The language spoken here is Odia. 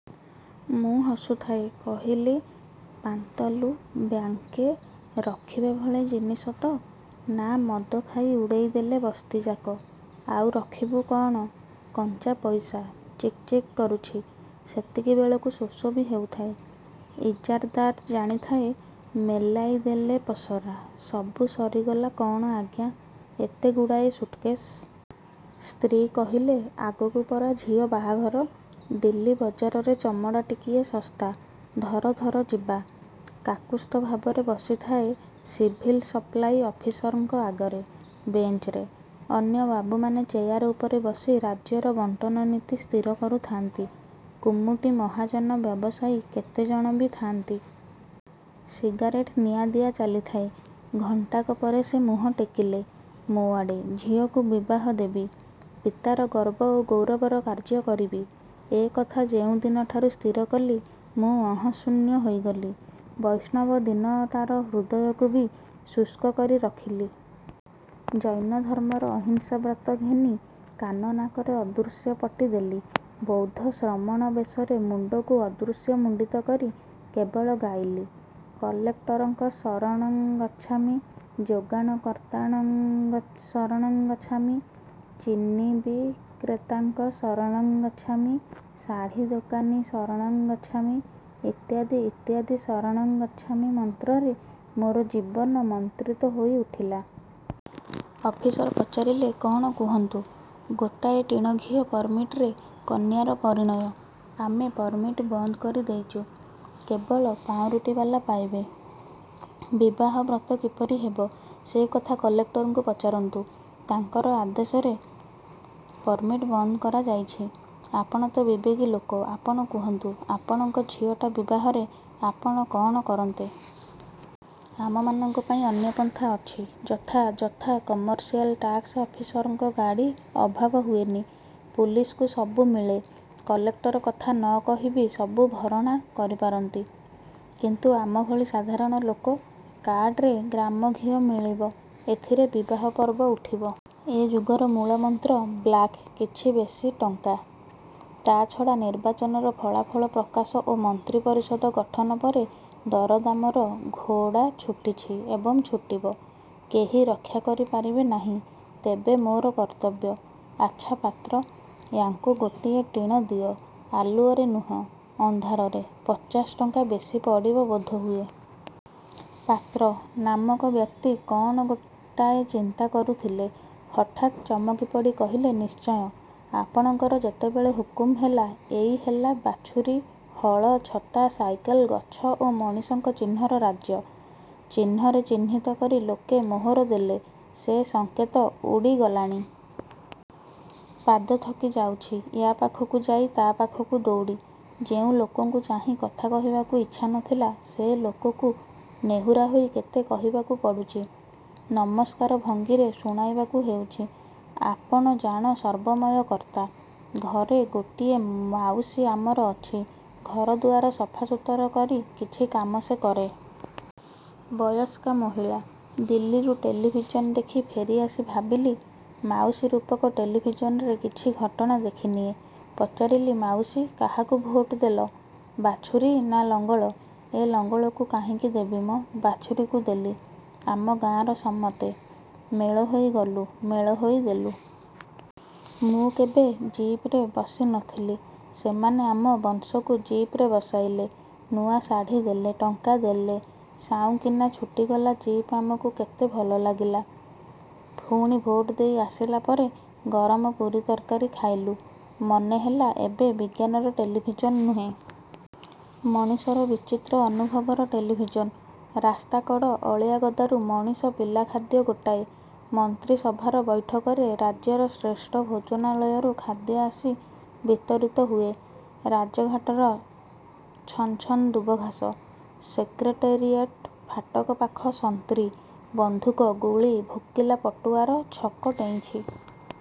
ମୁଁ ହସୁଥାଏ… କହିଲି–ପାନ୍ତଲୁ, ବ୍ୟାଙ୍କ୍ରେ ରଖିବା ଭଳି ଜିନିଷ ତ? ନା ମଦଖାଇ ଉଡ଼ାଇଦେଲ ବସ୍ତିଯାକ? -ଆଉ ରଖିବୁ କଅଣ? କଞ୍ଚା ପଇସା, ଚିକ୍ ଚିକ୍ କରୁଛି… ସେତିକିବେଳକୁ ଶୋଷ ବି ହେଉଥାଏ… ଇଜାର୍ଦାର ଜାଣିଥାଏ… ମେଲାଇଦେଲେ ପସରା… ସବୁ ସରିଗଲା କଅଣ ଆଜ୍ଞା, ଏତେଗୁଡ଼ାଏ ସୁଟକେଶ୍? ସ୍ତ୍ରୀ କହିଲେ–ଆଗକୁ ପରା ଝିଅ ବାହାଘର–ଦିଲ୍ଲୀ ବଜାରରେ ଚମଡ଼ା ଟିକିଏ ଶସ୍ତା… ଧର ଧର ଯିବା। କାକୁସ୍ଥ ଭାବରେ ବସିଥାଏ ସିଭିଲ୍ ସପ୍ଲାଇ ଅଫିସରଙ୍କ ଆଗରେ… ବେଞ୍ଚରେ। ଅନ୍ୟ ବାବୁମାନେ ଚେୟାର ଉପରେ ବସି ରାଜ୍ୟର ବଣ୍ଟନ ନୀତି ସ୍ଥିର କରୁଥାନ୍ତି। କୁମୁଟି ମହାଜନ ବ୍ୟବସାୟୀ କେତେଜଣ ବି ଥାନ୍ତି। ସିଗାରେଟ୍ ନିଆଦିଆ ଚାଲିଥାଏ। ଘଣ୍ଟାକ ପରେ ସେ ମୁହଁ ଟେକିଲେ… ମୋ ଆଡ଼େ… ଝିଅକୁ ବିବାହ ଦେବି, ପିତାର ଗର୍ବ ଓ ଗୌରବର କାର୍ଯ୍ୟ କରିବି… ଏ କଥା ଯେଉଁଦିନଠାରୁ ସ୍ଥିରକଲି ମୁଁ ଅହଂଶୂନ୍ୟ ହୋଇଗଲି। ବୈଷ୍ଣବ ଦୀନତାର ହୃଦୟକୁ ବି ଶୁଷ୍କ କରି ରଖିଲି। ଜୈନ ଧର୍ମର ଅହିଂସା ବ୍ରତ ଘେନି କାନ ନାକରେ ଅଦୃଶ୍ୟ ପଟି ଦେଲି। ବୌଦ୍ଧ ଶ୍ରମଣ ବେଶରେ ମୁଣ୍ଡକୁ ଅଦୃଶ୍ୟ ମୁଣ୍ଡିତ କରି କେବଳ ଗାଇଲି କଲେକଟରଂ ଶରଣଂ ଗଚ୍ଛାମି ଯୋଗାଣକର୍ତ୍ତାଙ୍କ ଶରଣଂ ଗଚ୍ଛାମି ଚିନିବିକ୍ରେତାଙ୍କ ଶରଣଂ ଗଚ୍ଛାମି ଶାଢ଼ି ଦୋକାନୀ ଶରଣଂ ଗଚ୍ଛାମି ଇତ୍ୟାଦି ଇତ୍ୟାଦି ଶରଣଂ ଗଚ୍ଛାମି ମନ୍ତ୍ରରେ ମୋର ଜୀବନ ମନ୍ତ୍ରୀତ ହୋଇଉଠିଲା। ଅଫିସର ପଚାରିଲେ–କଣ କୁହନ୍ତୁ? ଗୋଟାଏ ଟିଣ ଘିଅ ପରମିଟରେ, କନ୍ୟାର ପରିଣୟ। -ଆମେ ପରମିଟ୍ ବନ୍ଦ କରିଦେଇଛୁ, କେବଳ ପାଉଁରୁଟିବାଲା ପାଇବେ। -ବିବାହ ବ୍ରତ କପରି ହେବ? -ସେ କଥା କଲେକ୍ଟରଙ୍କୁ ପଚାରନ୍ତୁ। ତାଙ୍କର ଆଦେଶରେ ପରମିଟ୍ ବନ୍ଦ କରଯାଇଛି। -ଆପଣ ତ ବିବେକୀ ଲୋକ, ଆପଣ କୁହନ୍ତୁ, ଆପଣଙ୍କ ଝିଅଟା ବିବାହରେ ଆପଣ କଅଣ କରନ୍ତେ? -ଆମମାନଙ୍କ ପାଇଁ ଅନ୍ୟ ପନ୍ଥା ଅଛି। -ଯଥା -ଯଥା କମର୍ସିଆଲ୍ ଟାକସ ଅଫିସରଙ୍କ ଗାଡ଼ି ଅଭାବ ହୁଏନି, ପୁଲିସକୁ ସବୁ ମିଳେ-କଲେକ୍ଟର କଥା ନ କହି ବି ସବୁ ଭରଣା କରପାରନ୍ତି– -କିନ୍ତୁ ଆମଭଳି ସାଧାରଣ ଲୋକ? -କାର୍ଡ଼ ରେ ଗ୍ରାମ ଘିଅ ମିଳିବ। -ଏଥିରେ ବିବାହ ପର୍ବ ଉଠିବ? -ଏ ଯୁଗର ମୂଳମନ୍ତ୍ର 'ବ୍ଲାକ୍'-କିଛି ବେଶି ଟଙ୍କା। ତା'ଛଡ଼ା ନିର୍ବାଚନର ଫଳାଫଳ ପ୍ରକାଶ ଓ ମନ୍ତ୍ରୀ ପରିଷଦ ଗଠନ ପରେ ଦରଦାମର ଘୋଡ଼ାଛୁଟିଛି ଏବଂ ଛୁଟିବ। କେହି ରକ୍ଷା କରିପାରିବେନାହିଁ। -ତେବେ ମୋର କର୍ତ୍ତବ୍ୟ? -ଆଚ୍ଛା, ପାତ୍ର! ୟାଙ୍କୁ ଗୋଟିଏ ଟିଣ ଦିଅ! ଆଲୁଅରେ ନୁହେଁ ଅନ୍ଧାରରେ… ପଚାଶ ଟଙ୍କା ବେଶି ପଡ଼ିବ ବୋଧହୁଏ? 'ପାତ୍ର' ନାମକ ବ୍ୟକ୍ତି କଅଣ ଗୋଟାଏ ଚିନ୍ତା କରୁଥିଲେ। ହଠାତ୍ ଚମକିପଡ଼ି କହିଲେ–ନିଶ୍ଚୟ… ଆପଣଙ୍କର ଯେତେବେଳେ ହୁକୁମ ହେଲା… ଏଇ ହେଲା ବାଛୁରୀ, ହଳ, ଛତା, ସାଇକେଲ, ଗଛ ଓ ମଣିଷଙ୍କ ଚିହ୍ନର ରାଜ୍ୟ। ଚିହ୍ନରେ ଚହ୍ନିତ କରି ଲୋକେ ମୋହର ଦେଲେ। ସେ ସଙ୍କେତ ଉଡ଼ିଗଲଣି। ପାଦ ଥକିଯାଉଛି, ୟା ପାଖକୁ ଯାଇ, ତା ପାଖକୁ ଦଉଡ଼ି। ଯେଉଁ ଲୋକଙ୍କୁ ଚାହିଁ କଥା କହିବାକୁ ଇଚ୍ଛା ନ ଥିଲା, ସେ ଲୋକକୁ ନେହୁରାହୋଇ କେତେ କହିବାକୁ ପଡ଼ୁଛି-ନମସ୍କାର ଭଙ୍ଗୀରେ ଶୁଣାଇବାକୁ ହେଉଛି… 'ଆପଣ ଜାଣ ସର୍ବମୟ କର୍ତ୍ତା। ' ଘରେ ଗୋଟିଏ 'ମାଉସୀ' ଅମର ଅଛି, ଘର ଦୁଆର ସଫା ସୁତୁରା କରି କିଛି କାମ ସେ କରେ। ବୟସ୍କା ମହିଳା। ଦିଲ୍ଲୀରୁ ଟେଲିଭିଜନ୍ ଦେଖି ଫେରିଆସି ଭାବିଲି ମାଉସୀରୂପକ ଟେଲିଭିଜନରେ କିଛି ଘଟଣା ଦେଖିନିଏ। ପଚାରିଲି–ମାଉସି! କାହାକୁ ଭୋଟଦେଲ? ବାଛୁରୀ ନା ଲଙ୍ଗଳ? -ଏ, ଲଙ୍ଗଳକୁ କାହିଁକି ଦେବି ମ? ବାଛୁରୀକୁ ଦେଲି। ଆମ ଗାଁର ସମତେ… ମେଳହୋଇ ଗଲୁ, ମେଳ ହୋଇ ଦେଲୁ। ମୁଁ କେବେ ଜିପରେ ବସିନଥିଲି, ସେମାନେ ଆମ ବଂଶକୁ ଜିପରେ ବସେଇଲେ, ନୂଆ ଶାଢ଼ି ଦେଲେ, ଟଙ୍କା ଦେଲେ… ସାଉଁକିନା ଛୁଟିଗଲା ଜିପ୍ ଆମକୁ କେତେ ଭଲଲାଗିଲା। ପୁଣି ଭୋଟ ଦେଇ ଆସିଲା ପରେ ଗରମ ପୁରି ତରକାରି ଖାଇଲୁ। ମନେହେଲା, ଏବେ ବିଜ୍ଞାନର ଟେଲିଭିଜନ୍ ନୁହେଁ... ମଣିଷର ବିଚିତ୍ର ଅନୁଭବର ଟେଲିଭିଜନ୍... ରାସ୍ତାକଡ଼ ଅଳିଆଗଦାରୁ ମଣିଷ ପିଲା ଖାଦ୍ୟ ଗୋଟାଏ... ମନ୍ତ୍ରୀ ସଭାର ବୈଠକରେ ରାଜ୍ୟର ଶ୍ରେଷ୍ଠ ଭୋଜନାଳୟରୁ ଖାଦ୍ୟ ଆସି ବିତରିତ ହୁଏ। ରାଜଘାଟର ଛନ୍ ଛନ୍ ଦୂବଘାସ। ସେକ୍ରେଟେରୀୟେଟ୍ ଫାଟକପାଖ ସନ୍ତ୍ରୀ... ବନ୍ଧୁକ… ଗୁଳି... ଭୋକିଲା ପଟୁଆର ଛକ ଡେଇଁଛି।